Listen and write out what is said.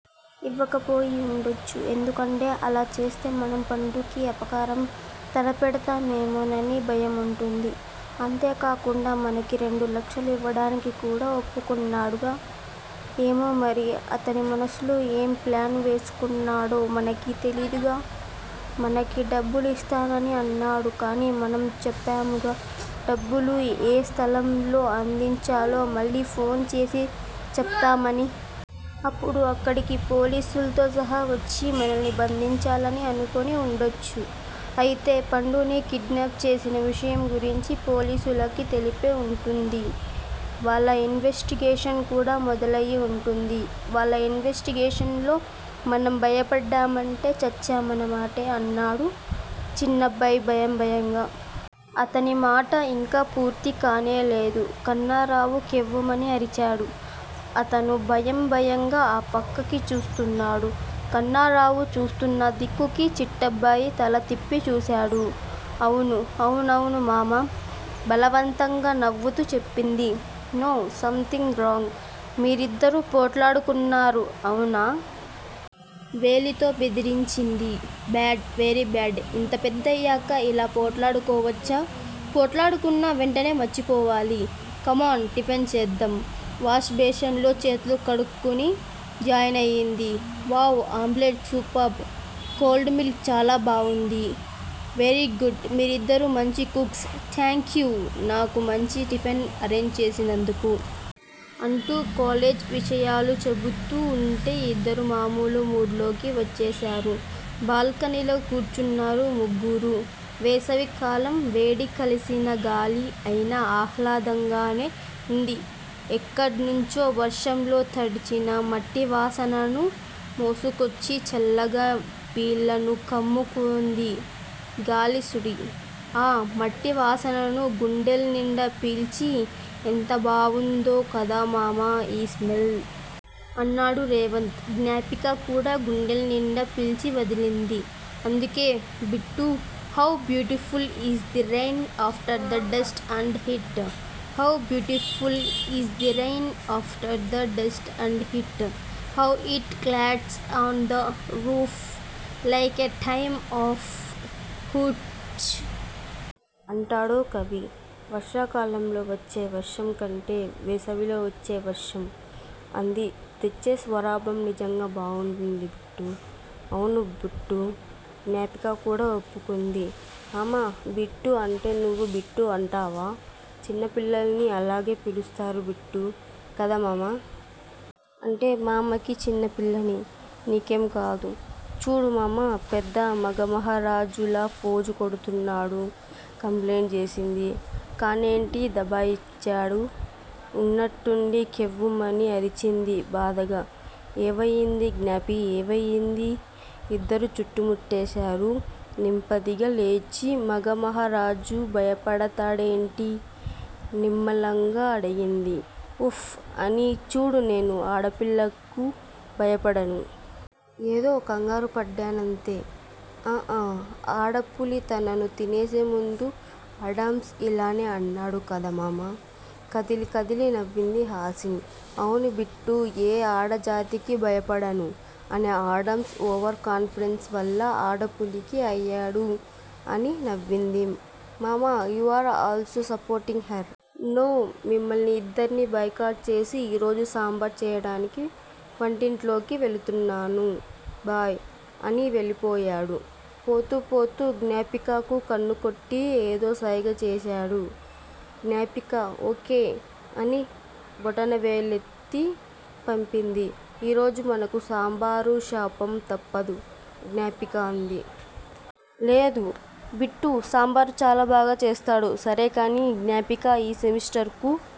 ఇవ్వకపోయి ఉండొచ్చు. ఎందుకంటే అలా చేస్తే మనం పండుకి అపకారం తలపెడతా మేమోనని భయముంటుంది. అంతేకాకుండా మనకి రెండు లక్షలు ఇవ్వడానికి కూడా ఒప్పకున్నాడుగా? ఏమోమరి! అతని మనసులో ఏం ప్లాను వేస్కున్నాడో మనకి తెలిదుగా? మనకి డబ్బులిస్తానని అన్నాడు కాని మనం చెప్పాముగా డబ్బులు ఏ స్ధలంలో అందించాలో మళ్ళి పోన్ చేసి చెప్తామని. అప్పుడు అక్కడికి పోలీసుల్తో సహా వచ్చి మనల్ని బంధించాలని అనుకుని ఉండొచ్చు!! అయితే పండుని కిడ్నాప్ చేసిన విషయం గురించి పోలీసులకి తెలిపే ఉంటుంది వాళ్ళ ఇన్వెస్టిగేషన్ కూడా మొదలయి ఉంటుంది వాళ్ళ ఇన్వెస్టిగేషన్ లో మనం బయటపడ్డామంటే చచ్చామన్నమాటే!? అన్నాడు చిన్నబ్బాయ్ భయం భయంగా. అతని మాట ఇంకా పూర్తి కానేలేదు కన్నారావు కెవ్వుమని అరిచాడు. అతను భయం భయంగా ఆ పక్కకి చూస్తున్నాడు. కన్నారావు చూస్తున్న దిక్కుకి చిట్టబ్బాయ్ తల తిప్పి చూశాడు. అవును అవునవును మమ్మా! బలవంతంగా నవ్వుతూ చెప్పింది. నో! Something wrong! మీరిద్దరూ పోట్లాడుకున్నారు అవునా?! వేలితో బెదిరించింది. బాడ్! వెరీబాడ్! ఇంత పెద్దయ్యాక ఇలా పోట్లాడుకోవచ్చా? పోట్లాడుకున్నా వెంటనే మర్చిపోవాలి. కమాన్ టిఫిన్ చేద్దాం! వాష్ బేసిన్ లో చేతులు కడుక్కుని జాయినయింది. Wow omelettes! Superb! Cold milk చాలా బావుంది. వెరీగుడ్ మీరిద్దరూ మంచి కుక్స్! థాంక్యూ నాకు మంచి టిఫిన్ అరేంజ్ చేసినందుకు! అంటూ కాలేజ్ విషయాలు చెబుతూ ఉంటే ఇద్దరూ మామూలు మూడ్ లోకి వచ్చేశారు. బాల్కనీలో కూర్చున్నారు ముగ్గురూ. వేసవి కాలం! వేడి కలిసిన గాలి! అయినా ఆహ్లాదంగానే ఉంది. ఎక్కడ్నుంచో వర్షంలో తడిచిన మట్టివాసనను మోసుకొచ్చి చల్లగా వీళ్ళను కమ్ముకుంది గాలి సుడి! ఆ మట్టివాసనను గుండెల్నిండా పీల్చి, ఎంతబావుందో కదా మమ్మా ఈ స్మెల్! అన్నాడు రేవంత్. జ్ఞాపిక కూడా గుండెల్నిండా పీల్చి వదిలింది. అందుకే Bittu- 'how beautiful is the rain- after the dust and heat! How beautiful is the rain- after the dust and heat! How it clatters on the roofs- లైకే tramp of hoofs! ' అంటాడో కవి. వర్షాకాలంలో వచ్చే వర్షంకుంటే వేసవిలో వచ్చేవర్షం, అంది తెచ్చే సౌరభం నిజంగా బావుంటుంది బిట్టూ! అవును బొట్టూ! జ్ఞాపిక కూడా ఒప్పుకుంది. మమ్మా 'బిట్టూ ' అంటే నువ్వూ 'బిట్టూ ' అంటావా? చిన్నపిల్లల్ని అలాగే పిలుస్తారు బిట్టూ! కదా మమ్మా?! అంటే మమ్మాకి చిన్నపిల్లాణ్ణి. నీకేం కాదు. చూడు మమ్మా పెద్ద మగమహారాజులా ఫోజు కొడుతున్నాడు! కంప్లైంటు చేసింది. కానేంటి? దబాయించాడు. ఉన్నట్టుండి కెవ్వు మని అరిచింది బాధగా. ఏవయింది జ్ఞాపీ ఏవయింది? ఇద్దరూ చుట్టుముట్టేశారు. నింపాదిగా లేచి, మగ మహారాజు భయపడతాడేంటి? నిమ్మళంగా అడిగింది. ఒఫ్ఫ్ఁ అని, చూడు నేనే ఆడపిల్లకూ భయపడను! ఏదో కంగారుపడ్డానంతే! ఆఁ ఆఁ ఆడపులి తనను తినేసేముందు ఆడమ్స్ ఇలానే అన్నాడు కదా మమ్మా! కదిలి కదిలి నవ్వింది హాసిని. అవును బిట్టూ ఏ ఆడజాతికీ భయపడను' అనే ఆడమ్స్ ఓవర్ కాన్ఫిడెన్స్ వల్ల ఆడపులికి అయ్యాడు అని నవ్వింది. Mamma! You are all so supporting her! No మిమ్మల్ని ఇద్దర్నీ బాయ్ కాట్ చేసి ఈరోజు సాంబారు చెయ్యడానికి వంటింట్లోకి వెళుతునాను బై! అని వెళ్లిపోయాడు. పోతూపోతూ జ్ఞాపికకు కన్నుకొట్టి ఏదోసైగ చేశాడు. జ్ఞాపిక ఓ. కే! అని బొటనవేలు ఎత్తి పంపింది. ఈరోజు మనకు సాంబారు శాపం తప్పదు! జ్ఞాపిక అంది. లేదు. బిట్టూ సాంబారు చాలా బాగా చేస్తాడు. సరేకానీ జ్ఞాపికా ఈ సెమిస్టర్ కు